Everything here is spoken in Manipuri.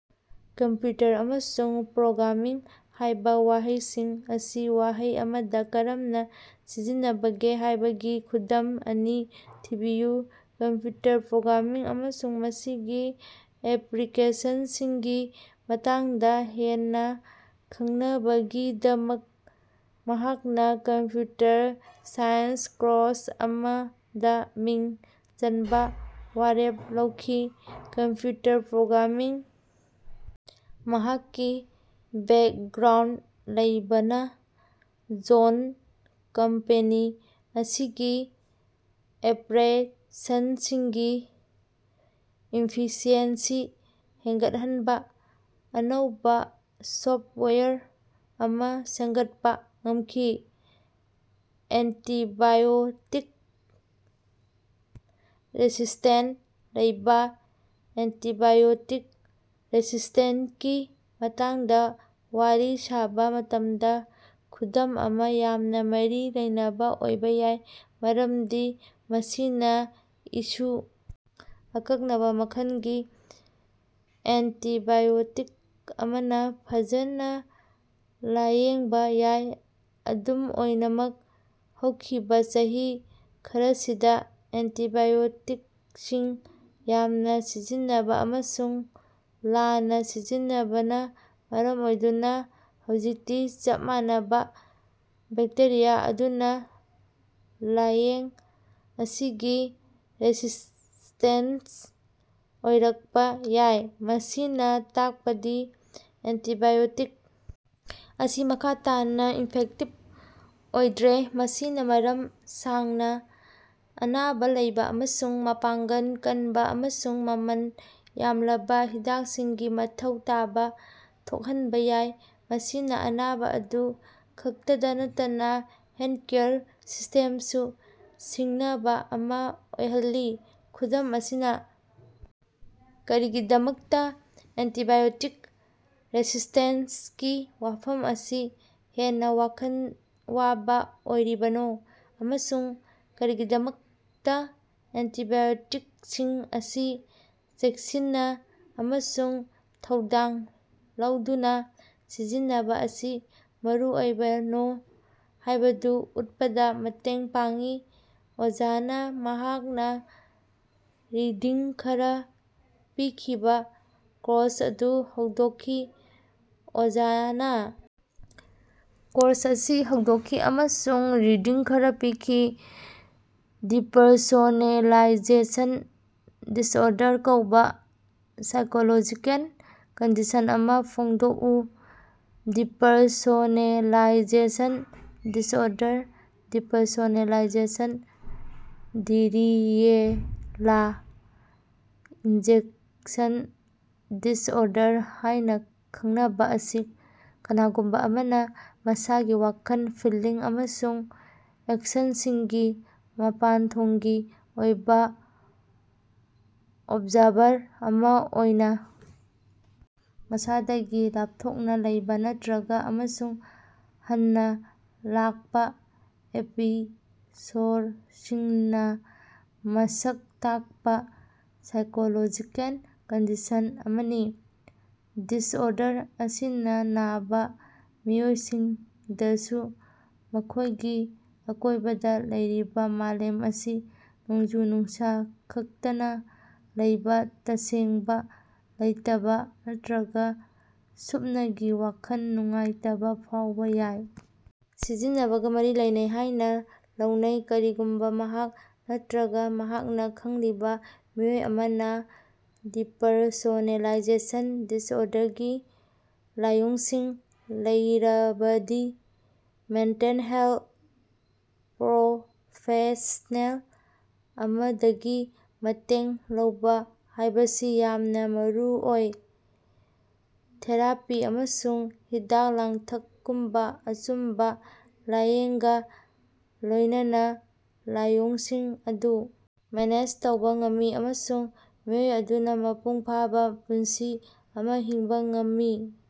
"ꯀꯝꯄ꯭ꯌꯨꯎꯇꯔ" ꯑꯃꯁꯨꯡ "ꯄ꯭ꯔꯣꯒ꯭ꯔꯥꯃꯤꯡ" ꯍꯥꯏꯕ ꯋꯥꯍꯩꯁꯤꯡ ꯑꯁꯤ ꯋꯥꯍꯩ ꯑꯃꯗ ꯀꯔꯝꯅ ꯁꯤꯖꯤꯟꯅꯕꯒꯦ ꯍꯥꯏꯕꯒꯤ ꯈꯨꯗꯝ ꯑꯅꯤ ꯊꯤꯕꯤꯌꯨ꯫ ꯀꯝꯄ꯭ꯌꯨꯇꯔ ꯄ꯭ꯔꯣꯒ꯭ꯔꯥꯃꯤꯡ ꯑꯃꯁꯨꯡ ꯃꯁꯤꯒꯤ ꯑꯦꯞꯂꯤꯀꯦꯁꯟꯁꯤꯡꯒꯤ ꯃꯇꯥꯡꯗ ꯍꯦꯟꯅ ꯈꯪꯅꯕꯒꯤꯗꯃꯛ ꯃꯍꯥꯛꯅ ꯀꯝꯄꯌꯨꯇꯔ ꯁꯥꯏꯟꯁ ꯀꯣꯔꯁ ꯑꯃꯗ ꯃꯤꯡ ꯆꯟꯕ ꯋꯥꯔꯦꯞ ꯂꯧꯈꯤ꯫ ꯀꯝꯄ꯭ꯌꯨꯇꯔ ꯄ꯭ꯔꯣꯒ꯭ꯔꯥꯃꯤꯡꯗ ꯃꯍꯥꯛꯀꯤ ꯕꯦꯀꯒ꯭ꯔꯥꯎꯟꯗ ꯂꯩꯕꯅ ꯖꯣꯟꯗ ꯀꯝꯄꯦꯅꯤ ꯑꯁꯤꯒꯤ ꯑꯣꯄꯔꯦꯁꯟꯁꯤꯡꯒꯤ ꯏꯐꯤꯁꯤꯑꯦꯟꯁꯤ ꯍꯦꯟꯒꯠꯍꯟꯕ ꯑꯅꯧꯕ ꯁꯣꯐꯋꯥꯌꯔ ꯑꯃ ꯁꯦꯝꯒꯠꯄ ꯉꯝꯈꯤ꯫ ꯑꯦꯟꯇꯤꯕꯥꯏꯑꯣꯇꯤꯛ ꯔꯦꯁꯤꯁ꯭ꯇꯦꯟꯁ ꯂꯩꯕ ꯑꯦꯟꯇꯤꯕꯥꯏꯑꯣꯇꯤꯛ ꯔꯦꯁꯤꯁ꯭ꯇꯦꯟꯁꯀꯤ ꯃꯇꯥꯡꯗꯥ ꯋꯥꯔꯤ ꯁꯥꯕ ꯃꯇꯝꯗ ꯈꯨꯗꯝ ꯑꯃ ꯌꯥꯝꯅ ꯃꯔꯤ ꯂꯩꯅꯕ ꯑꯣꯏꯕ ꯌꯥꯏ꯫ ꯃꯔꯝꯗꯤ ꯃꯁꯤꯅ ꯏꯁꯨ ꯑꯀꯛꯅꯕ ꯃꯈꯜꯒꯤ ꯑꯦꯟꯇꯤꯕꯥꯏꯑꯣꯇꯤꯛ ꯑꯃꯅ ꯐꯖꯅ ꯂꯥꯌꯦꯡꯕ ꯌꯥꯏ꯫ ꯑꯗꯨꯝ ꯑꯣꯏꯅꯃꯛ, ꯍꯧꯈꯤꯕꯥ ꯆꯍꯤ ꯈꯔꯁꯤꯗ ꯑꯦꯟꯇꯤꯕꯥꯏꯑꯣꯇꯤꯛꯁꯤꯡ ꯌꯥꯝꯅ ꯁꯤꯖꯤꯟꯅꯕ ꯑꯃꯁꯨꯡ ꯂꯥꯟꯅ ꯁꯤꯖꯤꯟꯅꯕꯅ ꯃꯔꯝ ꯑꯣꯏꯗꯨꯅ ꯍꯧꯖꯤꯛꯇꯤ ꯆꯞ ꯃꯥꯟꯅꯕ ꯕꯦꯛꯇꯦꯔꯤꯌꯥ ꯑꯗꯨꯅ ꯂꯥꯌꯦꯡ ꯑꯁꯤꯒꯤ ꯔꯦꯁꯤꯁ꯭ꯇꯦꯟꯇ ꯑꯣꯏꯔꯛꯄ ꯌꯥꯏ꯫ ꯃꯁꯤꯅ ꯇꯥꯛꯄꯗꯤ ꯑꯦꯟꯇꯤꯕꯥꯏꯑꯣꯇꯤꯛ ꯑꯁꯤ ꯃꯈꯥ ꯇꯥꯅ ꯏꯐꯦꯛꯇꯤꯕ ꯑꯣꯏꯗ꯭ꯔꯦ꯫ ꯃꯁꯤꯅ ꯃꯇꯝ ꯁꯥꯡꯅ ꯑꯅꯥꯕ ꯂꯩꯕ ꯑꯃꯁꯨꯡ ꯃꯄꯥꯡꯒꯜ ꯀꯟꯕ ꯑꯃꯁꯨꯡ ꯃꯃꯜ ꯌꯥꯝꯂꯕ ꯍꯤꯗꯥꯛꯁꯤꯡꯒꯤ ꯃꯊꯧ ꯇꯥꯕ ꯊꯣꯛꯍꯟꯕ ꯌꯥꯏ꯫ ꯃꯁꯤꯅ ꯑꯅꯥꯕ ꯑꯗꯨ ꯈꯛꯇ ꯅꯠꯇꯅ ꯍꯦꯜꯊꯀꯦꯌꯔ ꯁꯤꯁ꯭ꯇꯦꯝꯗꯁꯨ ꯁꯤꯡꯅꯕ ꯑꯃ ꯑꯣꯏꯍꯜꯂꯤ꯫ ꯈꯨꯗꯝ ꯑꯁꯤꯅ ꯀꯔꯤꯒꯤꯗꯃꯛꯇ ꯑꯦꯟꯇꯤꯕꯥꯏꯑꯣꯇꯤꯛ ꯔꯦꯁꯤꯁ꯭ꯇꯦꯟꯁꯀꯤ ꯋꯥꯐꯝ ꯑꯁꯤ ꯍꯦꯟꯅ ꯋꯥꯈꯜ ꯋꯥꯕ ꯑꯣꯏꯔꯤꯕꯅꯣ ꯑꯃꯁꯨꯡ ꯀꯔꯤꯒꯤꯗꯃꯛꯇ ꯑꯦꯟꯇꯤꯕꯥꯏꯑꯣꯇꯤꯛꯁꯤꯡ ꯑꯁꯤ ꯆꯦꯛꯁꯤꯟꯅ ꯑꯃꯁꯨꯡ ꯊꯧꯗꯥꯡ ꯂꯧꯗꯨꯅ ꯁꯤꯖꯤꯟꯅꯕ ꯑꯁꯤ ꯃꯔꯨꯑꯣꯏꯕꯅꯣ ꯍꯥꯏꯕꯗꯨ ꯎꯠꯄꯗ ꯃꯇꯦꯡ ꯄꯥꯡꯏ꯫ ꯑꯣꯖꯥꯅ ꯃꯍꯥꯛꯅ ꯔꯤꯗꯤꯡ ꯈꯔ ꯄꯤꯈꯤꯕ ꯀꯣꯔꯁ ꯑꯗꯨ ꯍꯧꯗꯣꯛꯈꯤ꯫ ꯑꯣꯖꯥꯅꯥ ꯀꯣꯔꯁ ꯑꯁꯤ ꯍꯧꯗꯣꯛꯈꯤ ꯑꯃꯁꯨꯡ ꯔꯤꯗꯤꯡ ꯈꯔ ꯄꯤꯈꯤ꯫ "ꯗꯤꯄꯔꯁꯣꯅꯦꯂꯥꯏꯖꯦꯁꯟ ꯗꯤꯁꯑꯣꯔꯗꯔ" ꯀꯧꯕ ꯁꯥꯏꯀꯣꯂꯣꯖꯤꯀꯦꯜ ꯀꯟꯗꯤꯁꯟ ꯑꯃ ꯐꯣꯡꯗꯣꯛꯎ꯫ ꯗꯤꯄꯔꯁꯣꯅꯦꯂꯥꯏꯖꯦꯁꯟ ꯗꯤꯁꯑꯣꯔꯗꯔ, ꯗꯤꯄꯔꯁꯣꯅꯦꯂꯥꯏꯖꯦꯁꯟ-ꯗꯤꯔꯤꯑꯦꯂꯥꯏꯖꯦꯁꯟ ꯗꯤꯁꯑꯣꯔꯗꯔ ꯍꯥꯢꯅ ꯈꯪꯅꯕ ꯑꯁꯤ, ꯀꯅꯥꯒꯨꯝꯕ ꯑꯃꯅ ꯃꯁꯥꯒꯤ ꯋꯥꯈꯜ, ꯐꯤꯜꯂꯤꯡ ꯑꯃꯁꯨꯡ ꯑꯦꯛꯁꯟꯁꯤꯡꯒꯤ ꯃꯄꯥꯟꯊꯣꯡꯒꯤ ꯑꯣꯏꯕ ꯑꯣꯕꯖꯥꯔꯚꯔ ꯑꯃ ꯑꯣꯏꯅ, ꯃꯁꯥꯗꯒꯤ ꯂꯥꯄꯊꯣꯛꯅ ꯂꯩꯕ ꯅꯠꯇ꯭ꯔꯒ ꯑꯃꯨꯛ ꯍꯟꯅ ꯂꯥꯛꯄ ꯑꯦꯄꯤꯁꯣꯗꯁꯤꯡꯅꯥ ꯃꯁꯛ ꯇꯥꯛꯄ ꯁꯥꯏꯀꯣꯂꯣꯖꯤꯀꯦꯜ ꯀꯟꯗꯤꯁꯟ ꯑꯃꯅꯤ꯫ ꯗꯤꯁꯑꯣꯔꯗꯔ ꯑꯁꯤꯅ ꯅꯥꯕ ꯃꯤꯑꯣꯏꯁꯤꯡꯗꯁꯨ ꯃꯈꯣꯏꯒꯤ ꯑꯀꯣꯏꯕꯗ ꯂꯩꯔꯤꯕ ꯃꯥꯂꯦꯝ ꯑꯁꯤ ꯅꯣꯡꯖꯨ-ꯅꯨꯡꯁꯥ ꯈꯥꯛꯇꯅ ꯂꯩꯕ ꯇꯁꯦꯡꯕ ꯂꯩꯇꯕ ꯅꯠꯇ꯭ꯔꯒ ꯁꯨꯞꯅꯒꯤ ꯋꯥꯈꯜ ꯅꯨꯡꯉꯥꯏꯇꯕ ꯐꯥꯎꯕ ꯌꯥꯏ꯫ ꯁꯤꯖꯤꯟꯅꯕꯒ ꯃꯔꯤ ꯂꯩꯅꯩ ꯍꯥꯏꯅ ꯂꯧꯅꯩ꯫ ꯀꯔꯤꯒꯨꯝꯕ ꯅꯍꯥꯛ ꯅꯠꯇ꯭ꯔꯒ ꯅꯍꯥꯛꯅ ꯈꯪꯂꯤꯕ ꯃꯤꯑꯣꯏ ꯑꯃꯅ ꯗꯤꯄꯔꯁꯣꯅꯦꯂꯥꯏꯖꯦꯁꯟ ꯗꯤꯁꯑꯣꯔꯗꯔꯒꯤ ꯂꯥꯏꯑꯣꯡꯁꯤꯡ ꯂꯩꯔꯕꯗꯤ ꯃꯦꯟꯇꯦꯜ ꯍꯦꯂꯊ ꯄ꯭ꯔꯣꯐꯦꯁꯅꯦꯜ ꯑꯃꯗꯒꯤ ꯃꯇꯦꯡ ꯂꯧꯕ ꯍꯥꯏꯕꯁꯤ ꯌꯥꯝꯅ ꯃꯔꯨꯑꯣꯏ꯫ ꯊꯦꯔꯥꯄꯤ ꯑꯃꯁꯨꯡ ꯍꯤꯗꯥꯛ-ꯂꯥꯡꯊꯛꯒꯨꯝꯕ ꯑꯆꯨꯝꯕ ꯂꯥꯏꯌꯦꯡꯒ ꯂꯣꯏꯅꯅ ꯂꯥꯏꯑꯣꯡꯁꯤꯡ ꯑꯗꯨ ꯃꯦꯅꯦꯖ ꯇꯧꯕ ꯉꯝꯃꯤ꯫ ꯑꯃꯁꯨꯡ ꯃꯤꯑꯣꯏ ꯑꯗꯨꯅ ꯃꯄꯨꯡꯐꯥꯕ ꯄꯨꯟꯁꯤ ꯑꯃ ꯍꯤꯡꯕ ꯉꯝꯃꯤ꯫